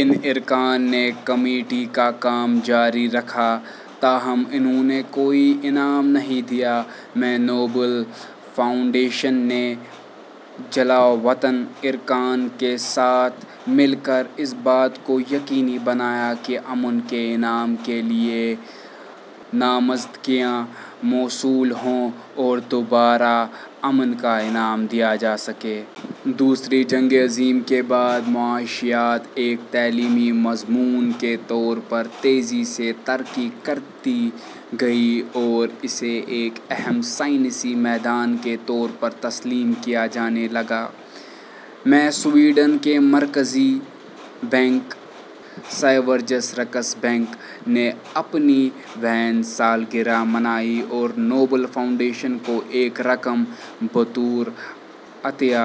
ان ارکان نے کمیٹی کا کام جاری رکھا، تاہم انھوں نے کوئی انعام نہیں دیا۔ میں، نوبل فاؤنڈیشن نے جلا وطن ارکان کے ساتھ مل کر اس بات کو یقینی بنایا کہ امن کے انعام کے لیے نامزدگیاں موصول ہوں اور دوبارہ امن کا انعام دیا جا سکے۔ دوسری جنگ عظیم کے بعد، معاشیات ایک تعلیمی مضمون کے طور پر تیزی سے ترقی کرتی گئی اور اسے ایک اہم سائنسی میدان کے طور پر تسلیم کیا جانے لگا۔ میں، سویڈن کے مرکزی بینک " سیورجس رکس بینک " نے اپنی ویں سالگرہ منائی اور نوبل فاونڈیشن کو ایک رقم بطور عطیہ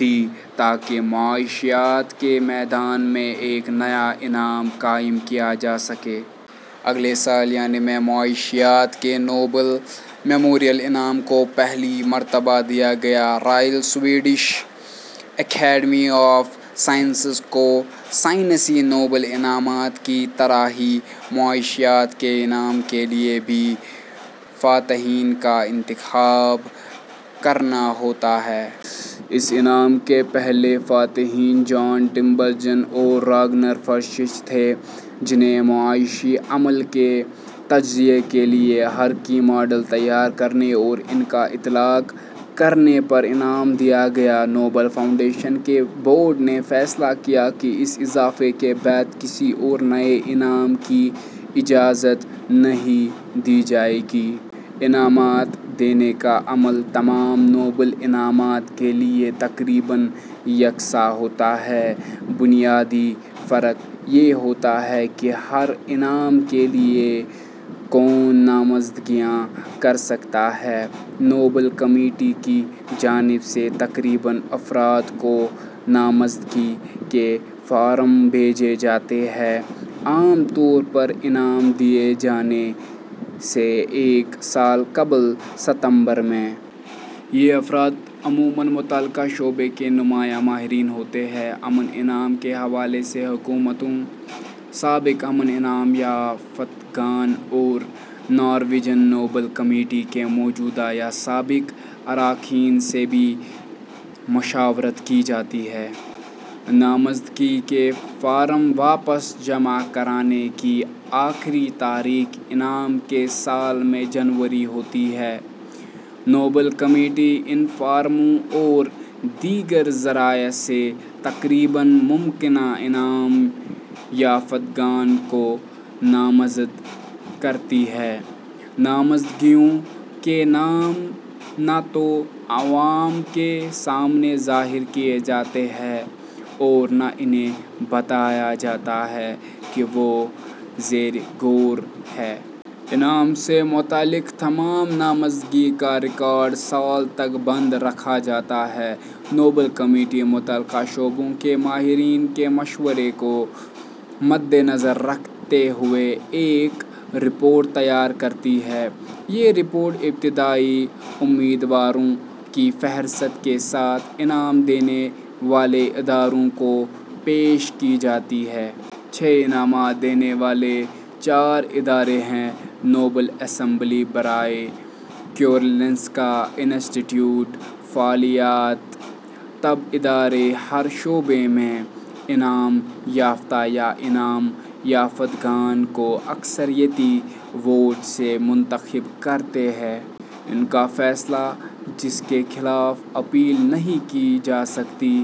دی تاکہ معاشیات کے میدان میں ایک نیا انعام قائم کیا جا سکے۔ اگلے سال، یعنی میں، " معاشیات کے نوبل میموریل انعام " کو پہلی مرتبہ دیا گیا۔ " Royal Swedish Academy of Sciences " کو سائنسی نوبل انعامات کی طرح ہی معاشیات کے انعام کے لیے بھی فاتحین کا انتخاب کرنا ہوتا ہے۔ اس انعام کے پہلے فاتحین جان ٹنبرجن اور راگنرفرشچ تھے، جنھیں "معاشی عمل کے تجزیے کے لیے حرکی ماڈل تیار کرنے اور ان کا اطلاق کرنے" پر انعام دیا گیا۔ نوبل فاؤنڈیشن کے بورڈ نے فیصلہ کیا کہ اس اضافے کے بعد کسی اور نئے انعام کی اجازت نہیں دی جائے گی۔ انعامات دینے کا عمل تمام نوبل انعامات کے لیے تقریباً یکساں ہوتا ہے، بنیادی فرق یہ ہوتا ہے کہ ہر انعام کے لیے کون نامزدگیاں کر سکتا ہے۔ نوبل کمیٹی کی جانب سے تقریباً افراد کو نامزدگی کے فارم بھیجے جاتے ہیں، عام طور پر انعام دیے جانے سے ایک سال قبل ستمبر میں۔ یہ افراد عموماً متعلقہ شعبے کے نمایاں ماہرین ہوتے ہیں۔ امن انعام کے حوالے سے حکومتوں، سابق امن انعام یافتگان اور نارویجن نوبل کمیٹی کے موجودہ یا سابق اراکین سے بھی مشاورت کی جاتی ہے۔ نامزدگی کے فارم واپس جمع کرانے کی آخری تاریخ انعام کے سال میں جنوری ہوتی ہے۔ نوبل کمیٹی ان فارموں اور دیگر ذرائع سے تقریباً ممکنہ انعام یافتگان کو نامزد کرتی ہے۔ نامزدگیوں کے نام نہ تو عوام کے سامنے ظاہر کیے جاتے ہیں اور نہ انھیں بتایا جاتا ہے کہ وہ زیر غور ہیں۔ انعام سے متعلق تمام نامزدگی کا ریکارڈ سال تک بند رکھا جاتا ہے۔ نوبل کمیٹی متعلقہ شعبوں کے ماہرین کے مشورے کو مدنظر رکھتے ہوئے ایک رپورٹ تیار کرتی ہے۔ یہ رپورٹ، ابتدائی امیدواروں کی فہرست کے ساتھ، انعام دینے والے اداروں کو پیش کی جاتی ہے۔ چھ انعامات دینے والے چار ادارے ہیں:۔ نوبل اسمبلی برائے کیرولنسکا انسٹی ٹیوٹ – فعلیات / طب ادارے ہر شعبے میں انعام یافتہ یا انعام یافتگان کو اکثریتی ووٹ سے منتخب کرتے ہیں۔ ان کا فیصلہ، جس کے خلاف اپیل نہیں کی جا سکتی،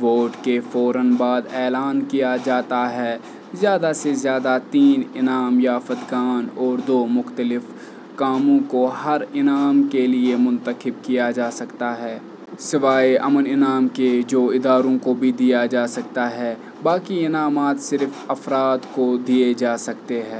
ووٹ کے فوراً بعد اعلان کیا جاتا ہے۔ زیادہ سے زیادہ تین انعام یافتگان اور دو مختلف کاموں کو ہر انعام کے لیے منتخب کیا جا سکتا ہے۔ سوائے امن انعام کے، جو اداروں کو بھی دیا جا سکتا ہے، باقی انعامات صرف افراد کو دیے جا سکتے ہیں۔